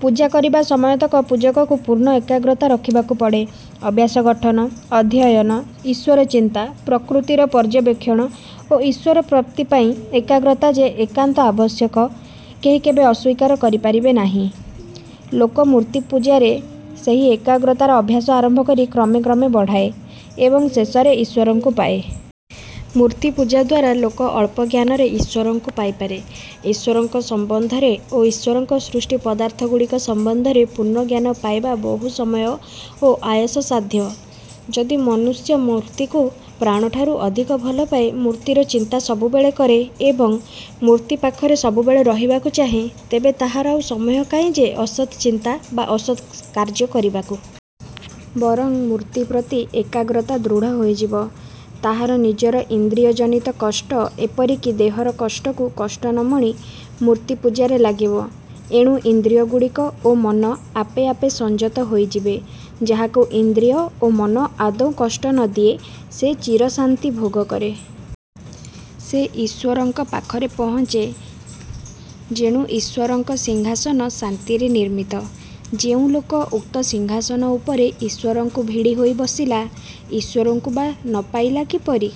ପୂଜା କରିବା ସମୟତକ ପୂଜକକୁ ପୂର୍ଣ୍ଣ ଏକାଗ୍ରତା ରଖିବାକୁ ପଡ଼େ। ଅଭ୍ୟାସ ଗଠନ, ଅଧ୍ୟୟନ, ଈଶ୍ଵର ଚିନ୍ତା, ପ୍ରକୃତିର ପର୍ଯ୍ୟବେକ୍ଷଣ ଓ ଈଶ୍ଵର ପ୍ରାପ୍ତି ପାଇଁ ଏକାଗ୍ରତା ଯେ ଏକାନ୍ତ ଆବଶ୍ୟକ; କେହି କେବେ ଅସ୍ଵୀକାର କରିପାରିବେ ନାହିଁ। ଲୋକ ମୂର୍ତ୍ତି ପୂଜାରେ ସେହି ଏକାଗ୍ରତାର ଅଭ୍ୟାସ ଆରମ୍ଭ କରି କ୍ରମେ କ୍ରମେ ବଢ଼ାଏ ଏବଂ ଶେଷରେ ଈଶ୍ଵରଙ୍କୁ ପାଏ। ମୂର୍ତ୍ତି ପୂଜାଦ୍ୱାରା ଲୋକ ଅଳ୍ପ ଜ୍ଞାନରେ ଈଶ୍ଵରଙ୍କୁ ପାଇ ପାରେ। ଈଶ୍ଵରଙ୍କ ସମ୍ବନ୍ଧରେ ଓ ଈଶ୍ଵରଙ୍କ ସୃଷ୍ଟି ପଦାର୍ଥଗୁଡ଼ିକ ସମ୍ବନ୍ଧରେ ପୂର୍ଣ୍ଣ ଜ୍ଞାନ ପାଇବା ବହୁ ସମୟ ଓ ଆୟାସସାଧ୍ୟ। ଯଦି ମନୁଷ୍ୟ ମୂର୍ତ୍ତିକୁ ପ୍ରାଣଠାରୁ ଅଧିକ ଭଲ ପାଏ, ମୂର୍ତ୍ତିର ଚିନ୍ତା ସବୁବେଳେ କରେ ଏବଂ ମୂର୍ତ୍ତି ପାଖରେ ସବୁବେଳେ ରହିବାକୁ ଚାହେଁ, ତେବେ ତାହାର ଆଉ ସମୟ କାହିଁ ଯେ, ସେ ଅସତ୍ ଚିନ୍ତା ବା ଅସତ୍ କାର୍ଯ୍ୟ କରିବ? ବରଂ ମୂର୍ତ୍ତି ପ୍ରତି ଏକାଗ୍ରତା ଦୃଢ଼ ହୋଇଯିବ। ତାହାର ନିଜର ଇନ୍ଦ୍ରିୟ ଜନିତ କଷ୍ଟ ଏପରିକି ଦେହର କଷ୍ଟକୁ କଷ୍ଟ ନ ମଣି ମୂର୍ତ୍ତି ପୂଜାରେ ଲାଗିବ। ଏଣୁ ଇନ୍ଦ୍ରିୟଗୁଡ଼ିକ ଓ ମନ ଆପେ ଆପେ ସଂଯତ ହୋଇଯିବେ। ଯାହାକୁ ଇନ୍ଦ୍ରିୟ ଓ ମନ ଆଦୌ କଷ୍ଟ ନ ଦିଏ ସେ ଚିରଶାନ୍ତି ଭୋଗ କରେ। ସେ ଈଶ୍ଵରଙ୍କ ପାଖରେ ପହଞ୍ଚେ ଯେଣୁ ଈଶ୍ଵରଙ୍କ ସିଂହାସନ ଶାନ୍ତିରେ ନିର୍ମିତ। ଯେଉଁ ଲୋକ ଉକ୍ତ ସିଂହାସନ ଉପରେ ଈଶ୍ଵରଙ୍କୁ ଭିଡ଼ି ହୋଇ ବସିଲା, ଈଶ୍ଵରଙ୍କୁ ବା ନ ପାଇଲା କିପରି?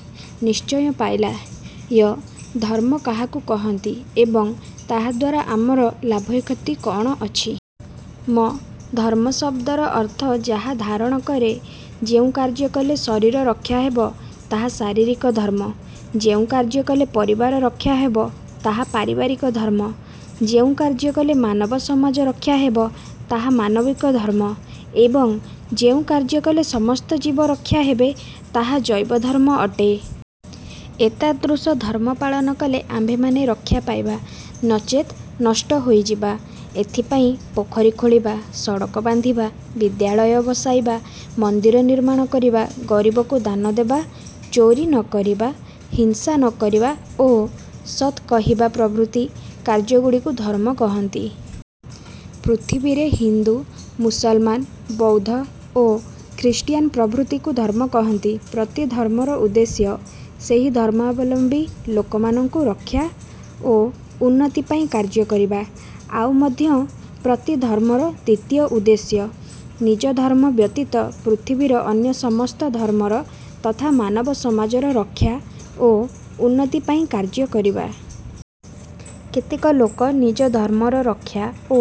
ନିଶ୍ଚୟ ପାଇଲା। ୟ-ଧର୍ମ କାହାକୁ କହନ୍ତି ଏବଂ ତାହାଦ୍ୱାରା ଆମର। ଲାଭକ୍ଷତି କଅଣ ଅଛି। ମ-ଧର୍ମ ଶବ୍ଦର ଅର୍ଥ, ଯାହା ଧାରଣ କରେ। ଯେଉଁ କାର୍ଯ୍ୟ କଲେ ଶରୀର ରକ୍ଷା ହେବ, ତାହା ଶାରୀରିକ ଧର୍ମ; ଯେଉଁ କାର୍ଯ୍ୟ କଲେ ପରିବାର ରକ୍ଷା ହେବ, ତାହା ପାରିବାରିକ ଧର୍ମ; ଯେଉଁ କାର୍ଯ୍ୟ କଲେ ମାନବ ସମାଜ ରକ୍ଷା ହେବ, ତାହା ମାନବିକ ଧର୍ମ ଏବଂ ଯେଉଁ କାର୍ଯ୍ୟ କଲେ ସମସ୍ତ ଜୀବ ରକ୍ଷା ହେବ, ତାହା ଜୈବ ଧର୍ମ ଅଟେ। ଏତାଦୃଶ ଧର୍ମ ପାଳନ କଲେ ଆମ୍ଭେମାନେ ରକ୍ଷା ପାଇବା, ନଚେତ୍ ନଷ୍ଟ ହୋଇଯିବା। ଏଥିପାଇଁ ପୋଖରୀ ଖୋଳିବା, ସଡ଼କ ବାନ୍ଧିବା, ବିଦ୍ୟାଳୟ ବସାଇବା, ମନ୍ଦିର ନିର୍ମାଣ କରିବା, ଗରିବକୁ ଦାନ ଦେବା, ଚୋରି ନ କରିବା, ହିଂସା ନ କରିବା ଓ ସତ୍ କହିବା ପ୍ରଭୃତି କାର୍ଯ୍ୟଗୁଡ଼ିକୁ ଧର୍ମ କହନ୍ତି। ପୃଥିବୀରେ ହିନ୍ଦୁ, ମୁସଲମାନ, ବୌଦ୍ଧ ଓ ଖ୍ରୀଷ୍ଟିୟାନ ପ୍ରଭୃତିକୁ ଧର୍ମ କହନ୍ତି। ପ୍ରତି ଧର୍ମର ଉଦ୍ଦେଶ୍ୟ, ସେହି ଧର୍ମାବଲମ୍ବୀ ଲୋକମାନଙ୍କୁ ରକ୍ଷା ଓ ଉନ୍ନତି ପାଇଁ କାର୍ଯ୍ୟ କରିବା। ଆଉ ମଧ୍ୟ ପ୍ରତି ଧର୍ମର ଦ୍ଵିତୀୟ ଉଦ୍ଦେଶ୍ୟ, ନିଜ ଧର୍ମ ବ୍ୟତୀତ ପୃଥିବୀର ଅନ୍ୟ ସମସ୍ତ ଧର୍ମର ତଥା ମାନବ ସମାଜର ରକ୍ଷା ଓ ଉନ୍ନତି ପାଇଁ କାର୍ଯ୍ୟ କରିବା। କେତେକ ଲୋକ ନିଜ ଧର୍ମର ରକ୍ଷା ଓ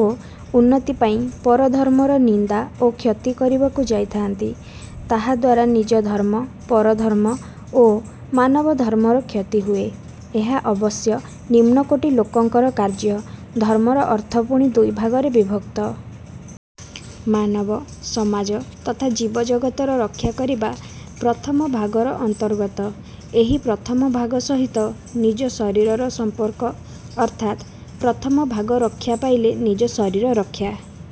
ଉନ୍ନତି ପାଇଁ ପର ଧର୍ମର ନିନ୍ଦା ଓ କ୍ଷତି କରିବାକୁ ଯାଇଥାନ୍ତି। ତାହାଦ୍ୱାରା ନିଜ-ଧର୍ମ, ପରଧର୍ମ ଓ ମାନବ-ଧର୍ମର କ୍ଷତି ହୁଏ। ଏହା ଅବଶ୍ୟ ନିମ୍ନକୋଟୀ ଲୋକଙ୍କର କାର୍ଯ୍ୟ। ଧର୍ମର ଅର୍ଥ ପୁଣି ଦୁଇ ଭାଗରେ ବିଭକ୍ତ। ମାନବ-ସମାଜ ତଥା ଜୀବ ଜଗତର ରକ୍ଷାକରିବା ପ୍ରଥମ ଭାଗର ଅନ୍ତର୍ଗତ। ଏହି ପ୍ରଥମ ଭାଗ ସହିତ ନିଜ ଶରୀରର ସମ୍ପର୍କ, ଅର୍ଥାତ୍ ପ୍ରଥମ ଭାଗ ରକ୍ଷା ପାଇଲେ ନିଜ ଶରୀର ରକ୍ଷା